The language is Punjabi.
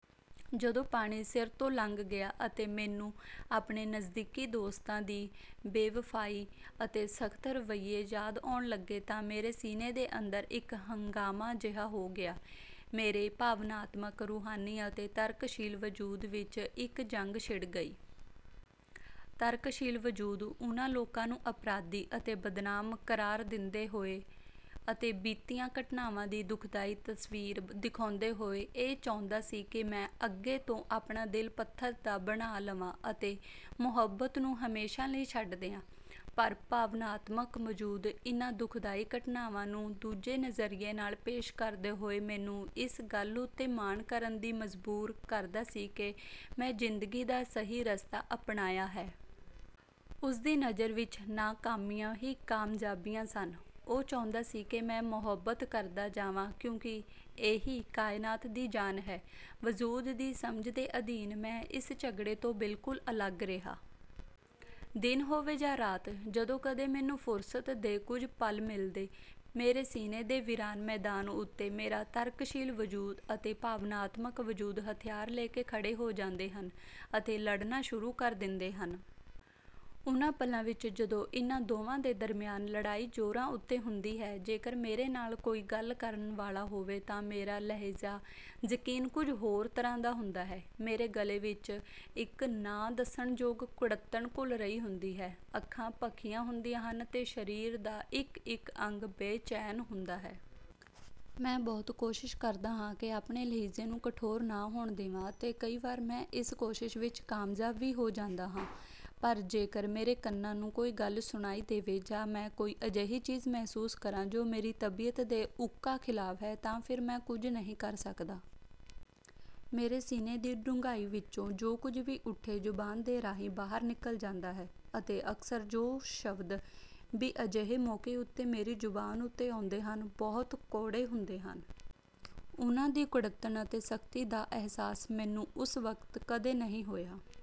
ਜਦੋਂ ਪਾਣੀ ਸਿਰ ਤੋਂ ਲੰਘ ਗਿਆ ਅਤੇ ਮੈਨੂੰ ਆਪਣੇ ਨਜ਼ਦੀਕੀ ਦੋਸਤਾਂ ਦੀ ਬੇਵਫ਼ਾਈ ਅਤੇ ਸਖ਼ਤ ਰਵੱਈਏ ਯਾਦ ਆਉਣ ਲੱਗੇ ਤਾਂ ਮੇਰੇ ਸੀਨੇ ਦੇ ਅੰਦਰ ਇੱਕ ਹੰਗਾਮਾ ਜਿਹਾ ਹੋ ਗਿਆ। ਮੇਰੇ ਭਾਵਨਾਤਮਕ, ਰੂਹਾਨੀ ਅਤੇ ਤਰਕਸ਼ੀਲ ਵਜੂਦ ਵਿੱਚ ਇੱਕ ਜੰਗ ਛਿੜ ਗਈ। ਤਰਕਸ਼ੀਲ ਵਜੂਦ ਉਨ੍ਹਾਂ ਲੋਕਾਂ ਨੂੰ ਅਪਰਾਧੀ ਅਤੇ ਬਦਨਾਮ ਕਰਾਰ ਦਿੰਦੇ ਹੋਏ ਅਤੇ ਬੀਤੀਆਂ ਘਟਨਾਵਾਂ ਦੀ ਦੁਖਦਾਈ ਤਸਵੀਰ ਦਿਖਾਉਂਦੇ ਹੋਏ ਇਹ ਚਾਹੁੰਦਾ ਸੀ ਕਿ ਮੈਂ ਅੱਗੇ ਤੋਂ ਆਪਣਾ ਦਿਲ ਪੱਥਰ ਦਾ ਬਣਾ ਲਵਾਂ ਅਤੇ ਮੁਹੱਬਤ ਨੂੰ ਹਮੇਸ਼ਾ ਲਈ ਛੱਡ ਦਿਆਂ, ਪਰ ਭਾਵਨਾਤਮਕ ਵਜੂਦ ਇਨ੍ਹਾਂ ਦੁਖਦਾਈ ਘਟਨਾਵਾਂ ਨੂੰ ਦੂਜੇ ਨਜ਼ਰੀਏ ਨਾਲ ਪੇਸ਼ ਕਰਦੇ ਹੋਏ ਮੈਨੂੰ ਇਸ ਗੱਲ ਉੱਤੇ ਮਾਣ ਕਰਨ ਲਈ ਮਜਬੂਰ ਕਰਦਾ ਸੀ ਕਿ ਮੈਂ ਜ਼ਿੰਦਗੀ ਦਾ ਸਹੀ ਰਸਤਾ ਅਪਣਾਇਆ ਹੈ। ਉਸਦੀ ਨਜ਼ਰ ਵਿੱਚ ਨਾਕਾਮੀਆਂ ਹੀ ਕਾਮਯਾਬੀਆਂ ਸਨ। ਉਹ ਚਾਹੁੰਦਾ ਸੀ ਕਿ ਮੈਂ ਮੁਹੱਬਤ ਕਰਦਾ ਜਾਵਾਂ ਕਿਉਂਕਿ ਇਹੀ ਕਾਇਨਾਤ ਦੀ ਜਾਨ ਹੈ। ਵਜੂਦ ਦੀ ਸਮਝ ਦੇ ਅਧੀਨ ਮੈਂ ਇਸ ਝਗੜੇ ਤੋਂ ਬਿਲਕੁਲ ਅਲੱਗ ਰਿਹਾ। ਦਿਨ ਹੋਵੇ ਜਾਂ ਰਾਤ, ਜਦੋਂ ਕਦੇ ਮੈਨੂੰ ਫੁਰਸਤ ਦੇ ਕੁਝ ਪਲ ਮਿਲਦੇ, ਮੇਰੇ ਸੀਨੇ ਦੇ ਵੀਰਾਨ ਮੈਦਾਨ ਉੱਤੇ ਮੇਰਾ ਤਰਕਸ਼ੀਲ ਵਜੂਦ ਅਤੇ ਭਾਵਨਾਤਮਕ ਵਜੂਦ ਹਥਿਆਰ ਲੈ ਕੇ ਖੜ੍ਹੇ ਹੋ ਜਾਂਦੇ ਹਨ ਅਤੇ ਲੜਨਾ ਸ਼ੁਰੂ ਕਰ ਦਿੰਦੇ ਹਨ। ਉਨ੍ਹਾਂ ਪਲਾਂ ਵਿੱਚ ਜਦੋਂ ਇਨ੍ਹਾਂ ਦੋਵਾਂ ਦੇ ਦਰਮਿਆਨ ਲੜਾਈ ਜ਼ੋਰਾਂ ਉੱਤੇ ਹੁੰਦੀ ਹੈ, ਜੇਕਰ ਮੇਰੇ ਨਾਲ਼ ਕੋਈ ਗੱਲ ਕਰਨ ਵਾਲਾ ਹੋਵੇ ਤਾਂ ਮੇਰਾ ਲਹਿਜ਼ਾ ਯਕੀਨ ਕੁਝ ਹੋਰ ਤਰ੍ਹਾਂ ਦਾ ਹੁੰਦਾ ਹੈ। ਮੇਰੇ ਗਲੇ ਵਿੱਚ ਇੱਕ ਨਾ ਦੱਸਣ ਯੋਗ ਕੁੜੱਤਣ ਘੁਲ ਰਹੀ ਹੁੰਦੀ ਹੈ, ਅੱਖਾਂ ਭਖੀਆਂ ਹੁੰਦੀਆਂ ਹਨ ਅਤੇ ਸ਼ਰੀਰ ਦਾ ਇੱਕ-ਇੱਕ ਅੰਗ ਬੇਚੈਨ ਹੁੰਦਾ ਹੈ। ਮੈਂ ਬਹੁਤ ਕੋਸ਼ਿਸ਼ ਕਰਦਾ ਹਾਂ ਕਿ ਆਪਣੇ ਲਹਿਜ਼ੇ ਨੂੰ ਕਠੋਰ ਨਾ ਹੋਣ ਦੇਵਾਂ ਅਤੇ ਕਈ ਵਾਰ ਮੈਂ ਇਸ ਕੋਸ਼ਿਸ਼ ਵਿੱਚ ਕਾਮਯਾਬ ਵੀ ਹੋ ਜਾਂਦਾ ਹਾਂ, ਪਰ ਜੇਕਰ ਮੇਰੇ ਕੰਨਾਂ ਨੂੰ ਕੋਈ ਗੱਲ ਸੁਣਾਈ ਦੇਵੇ ਜਾਂ ਮੈਂ ਕੋਈ ਅਜਿਹੀ ਚੀਜ਼ ਮਹਿਸੂਸ ਕਰਾਂ ਜੋ ਮੇਰੀ ਤਬੀਅਤ ਦੇ ਉੱਕਾ ਖਿਲਾਫ਼ ਹੈ ਤਾਂ ਫਿਰ ਮੈਂ ਕੁਝ ਨਹੀਂ ਕਰ ਸਕਦਾ। ਮੇਰੇ ਸੀਨੇ ਦੀ ਡੂੰਘਾਈ ਵਿੱਚੋਂ ਜੋ ਕੁਝ ਵੀ ਉੱਠੇ, ਜ਼ੁਬਾਨ ਦੇ ਰਾਹੀਂ ਬਾਹਰ ਨਿਕਲ ਜਾਂਦਾ ਹੈ ਅਤੇ ਅਕਸਰ ਜੋ ਸ਼ਬਦ ਵੀ ਅਜਿਹੇ ਮੌਕੇ ਉੱਤੇ ਮੇਰੀ ਜ਼ੁਬਾਨ ਉੱਤੇ ਆਉਂਦੇ ਹਨ, ਬਹੁਤ ਕੌੜੇ ਹੁੰਦੇ ਹਨ। ਉਨ੍ਹਾਂ ਦੀ ਕੁੜੱਤਣ ਅਤੇ ਸਖ਼ਤੀ ਦਾ ਅਹਿਸਾਸ ਮੈਨੂੰ ਉਸ ਵਕਤ ਕਦੇ ਨਹੀਂ ਹੋਇਆ।